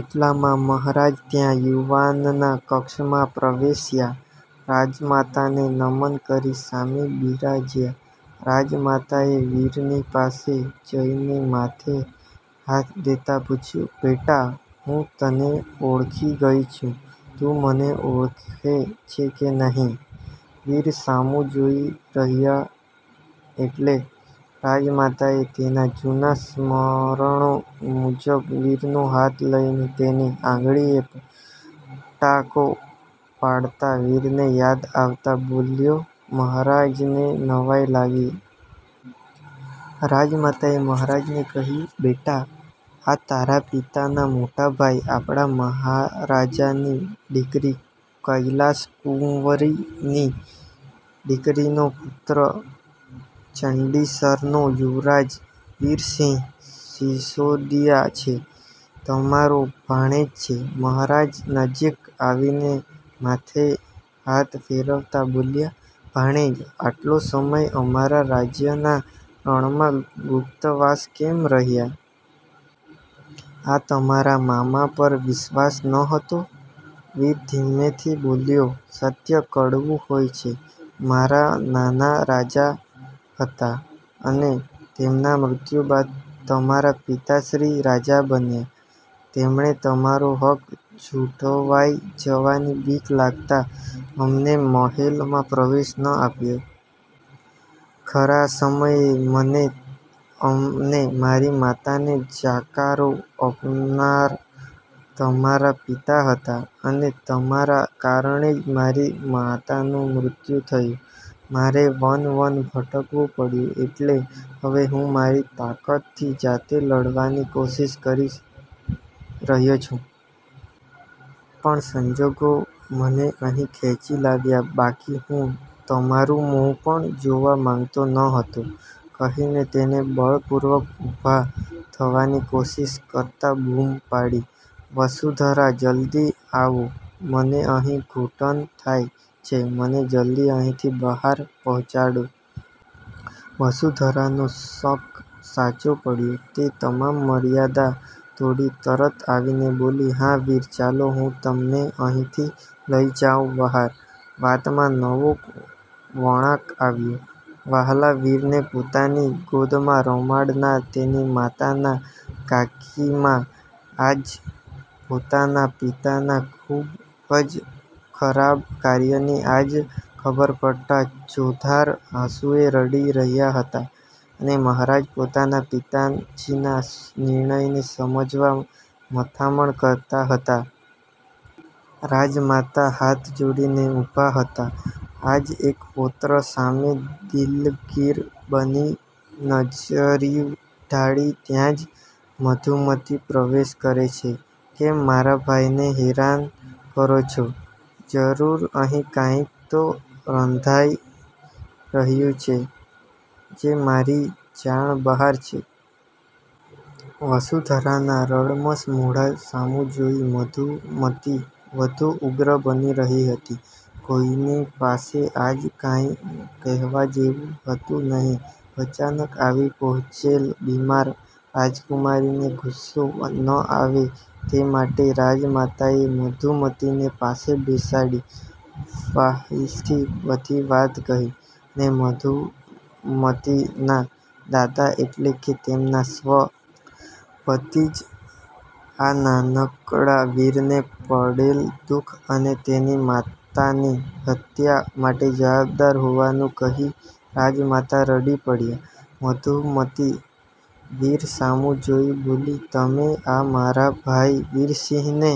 એટલામાં મહારાજ ત્યાં યુવાનના કક્ષમાં પ્રવેશ્યાં. રાજમાતાને નમન કરી સામે બિરાજ્યાં. રાજમાતાએ વીરની પાસે જઈને માથે હાથ દેતા પૂછ્યું,"બેટા હું તને ઓળખી ગઈ છું, તું મને ઓળખે છે કે નહીં?" વીર સામું જોઈ રહયો એટલે રાજમાતાએ તેનાં જુના સંસ્મરણો મુજબ વીરનો હાથ લઇને તેની આંગળીએ પટાકો પાડતાં વીરને યાદ આવતાં બોલ્યો, મહારાજને નવાઈ લાગી. રાજમાતાએ મહારાજને કહ્યું,"બેટા આ તારા પિતાનાં મોટાભાઈ આપડા મહારાજાની દિકરી કૈલાસકુંવરીની દીકરીનો પૂત્ર ચંડીસરનો યુવરાજ વીરસિંહ સીસોદીયા છે. તમારો ભાણેજ છે." મહારાજ નજીક આવીને માથે હાથ ફેરવતાં બોલ્યાં,"ભાણેજ આટલો સમય અમારા રાજ્યના રણમાં ગુપ્તવાસ કેમ રહ્યાં? આ તમારાં મામા પર વિશ્વાસ ન હતો?" વીર ધીમેથી બોલ્યો,"સત્ય કડવું હોય છે. મારાં નાનાં રાજા હતાં, અને તેમનાં મૃત્યુ બાદ તમારાં પિતાશ્રી રાજા બન્યાં. તેમણે તમારો હક ઝુંટવાઈ જવાની બીક લાગતાં અમને મહેલમાં પ્રવેશ ન આપ્યો. ખરાં સમયે મને અને મારી માતાને જાકારો આપનાર તમારાં પિતા હતાં, અને તમારાં કારણે જ મારી માતાનું મૃત્યુ થયું, મારે વન-વન ભટકવું પડ્યું. એટલે હવે હું મારી તાકતથી જાતે લડવાની કોશિશ કરી રહયો છું. પણ સંજોગો મને અહીં ખેંચી લાવ્યાં. બાકી હું તમારુ મો પણ જોવા માંગતો ન હતો." કહીને તેને બળપૂર્વક ઊભાં થવાની કોશિશ કરતાં બૂમ પાડી,"વસુંધરા જલ્દી આવો, મને અહીં ઘુટન થાય છે. મને જલ્દી અહીંથી બહાર પહોંચાડો." વસુંધરાનો શક સાચો પડ્યો તે તમામ મર્યાદા તોડી તરત આવીને બોલી,"હાં વીર ચાલો હું તમને અહીંથી લઈ જાવ બહાર." વાતમાં નવો વણાંક આવ્યો, વ્હાલા વીરને પોતાની ગોદમાં રમાડનાર તેની માતાનાં કાકીમા આજ પોતાનાં પતિનાં ખુબ જ ખરાબ કાર્યની આજ ખબર પડતાં ચોધાર આંસુએ રડી રહ્યાં હતાં, અને મહારાજ પોતાનાં પિતાજીના નિર્ણયને સમજવા મથામણ કરતાં હતાં. રાજમાતા હાથ જોડીને ઊભાં હતાં આજ એક પૌત્ર સામે દિલગીર બની નજર્યું ઢાળી. ત્યાં જ મધુમતી પ્રવેશ કરે છે,"કેમ મારા ભાઈને હેરાન કરો છો? જરૂર અહીં કાંઈક તો રંધાઈ રહ્યુ છે, જે મારી જાણ બહાર છે." વસુંધરાના રડમશ મોઢા સામું જોઈ મધુમતી વઘુ ઉગ્ર બની રહી હતી. કોઈની પાસે આજ કાંઈ કહેવા જેવું હતું નહીં. અચાનક આવી પહોંચેલ બીમાર રાજકુમારીને ગુસ્સો ન આવે તે માટે રાજમાતાએ મધુમતીને પાસે બેસાડી વ્હાલથી બધી વાત કહી અને મધુમતીનાં દાદા એટલે કે તેમનાં સ્વ. પતિ જ આ નાનકડાં વીરને પડેલ દુખ અને તેની માતાની હત્યા માટે જવાબદાર હોવાનું કહી રાજમાતા રડી પડ્યાં. મધુમતી વીર સામું જોઈ બોલી,"તમે આ મારા ભાઈ વીરસિંહને